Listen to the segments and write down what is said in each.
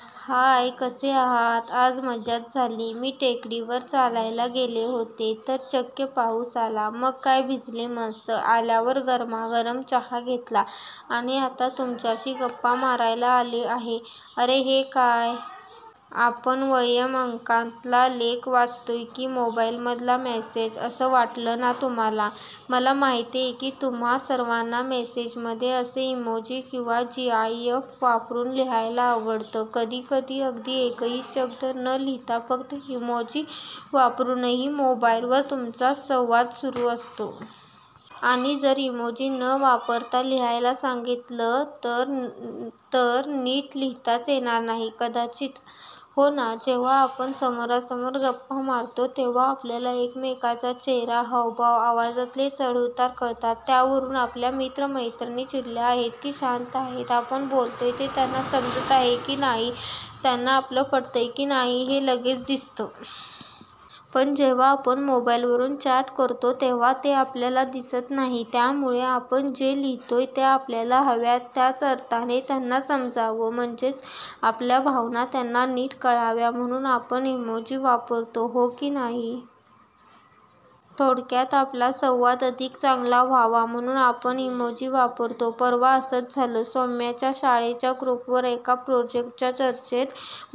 हाय! कसे आहात? आज मज्जाच झाली. मी टेकडीवर चालायला गेले होते तर चक्क पाऊस आला. मग काय भिजले मस्त. आल्यावर गरमागरम चहा घेतला आणि आता तुमच्याशी गप्पा मारायला आले आहे. अरे हे काय? आपण वयम् अंकातला लेख वाचतोय की मोबाइलमधला मेसेज! असं वाटलं ना तुम्हांला? मला माहितेय की तुम्हा सर्वांना मेसेजमध्ये असे इमोजी किंवा जीआयएफ वापरून लिहायला आवडतं. कधीकधी अगदी एकही शब्द न लिहिता फक्त इमोजी वापरूनही मोबाइलवर तुमचा संवाद सुरू असतो. आणि जर इमोजी न वापरता लिहायला सांगितलं तर? तर नीट लिहिताच येणार नाही कदाचित! हो ना? जेव्हा आपण समोरासमोर गप्पा मारतो तेव्हा आपल्याला एकमेकांचा चेहरा, हावभाव, आवाजातले चढउतार कळतात. त्यावरून आपल्या मित्रमैत्रिणी चिडल्या आहेत की शांत आहेत, आपण बोलतोय ते त्यांना समजतं आहे की नाही, त्यांना आपलं पटतंय की नाही हे लगेच दिसतं. पण जेव्हा आपण मोबाइलवरून चॅट करतो, तेव्हा ते आपल्याला दिसत नाहीत. त्यामुळे आपण जे लिहितोय ते आपल्याला हव्या त्याच अर्थाने त्यांना समजावं म्हणजेच आपल्या भावना त्यांना नीट कळाव्या म्हणून आपण इमोजी वापरतो, हो की नाही? थोडक्यात आपला संवाद अधिक चांगला व्हावा म्हणून आपण इमोजी वापरतो. परवा असंच झालं, सौम्याच्या शाळेच्या ग्रुपवर एका प्रोजेक्टच्या चर्चेत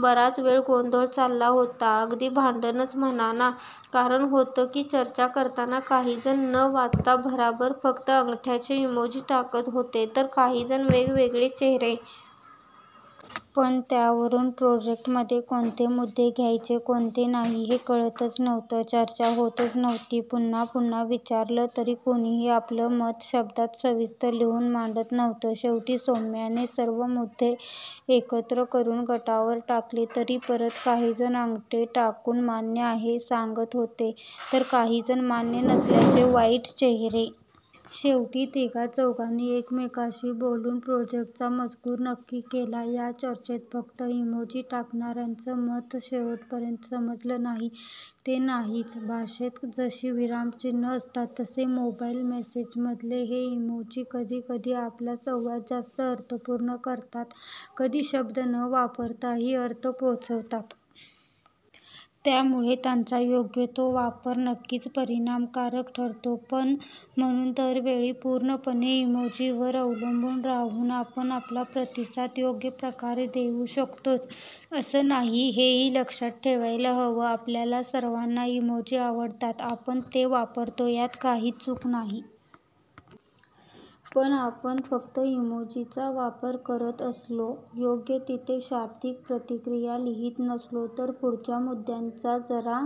बराच वेळ गोंधळ चालला होता. अगदी भांडणंच म्हणा ना! कारण होतं की चर्चा करताना काहीजण न वाचता भराभर फक्त अंगठ्याचे इमोजी टाकत होते, तर काहीजण वेगवेगळे चेहरे! पण त्यावरून प्रोजेक्टमध्ये कोणते मुद्दे घ्यायचे, कोणते नाही, हे कळतंच नव्हतं. चर्चा होतच नव्हती. पुन्हा पुन्हा विचारलं तरी कुणीही आपलं मत शब्दांत सविस्तर लिहून मांडत नव्हतं. शेवटी सौम्याने सर्व मुद्दे एकत्र करून गटावर टाकले, तरी परत काहीजण अंगठे टाकून मान्य आहे सांगत होते, तर काहीजण मान्य नसल्याचे वाईट चेहरे. शेवटी तिघा-चौघांनी एकमेकांशी बोलून प्रोजेक्टचा मजकूर नक्की केला. या चर्चेत फक्त इमोजी टाकणाऱ्यांचं मत शेवटपर्यंत समजलं नाही ते नाहीच. भाषेत जशी विरामचिन्हं असतात, तसे मोबाइल मेसेजमधले हे इमोजी. कधीकधी आपला संवाद जास्त अर्थपूर्ण करतात, कधी शब्द न वापरताही अर्थ पोहोचवतात. त्यामुळे त्यांचा योग्य तो वापर नक्कीच परिणामकारक ठरतो, पण म्हणून दरवेळी पूर्णपणे इमोजींवर अवलंबून राहून आपण आपला प्रतिसाद योग्यप्रकारे देऊ शकतोच असं नाही, हेही लक्षात ठेवायला हवं. आपल्याला सर्वांना इमोजी आवडतात. आपण ते वापरतो, यात काहीच चूक नाही. पण आपण फक्त इमोजींचा वापर करत असलो, योग्य तिथे शाब्दिक प्रतिक्रिया लिहित नसलो, तर पुढच्या मुद्द्यांचा जरा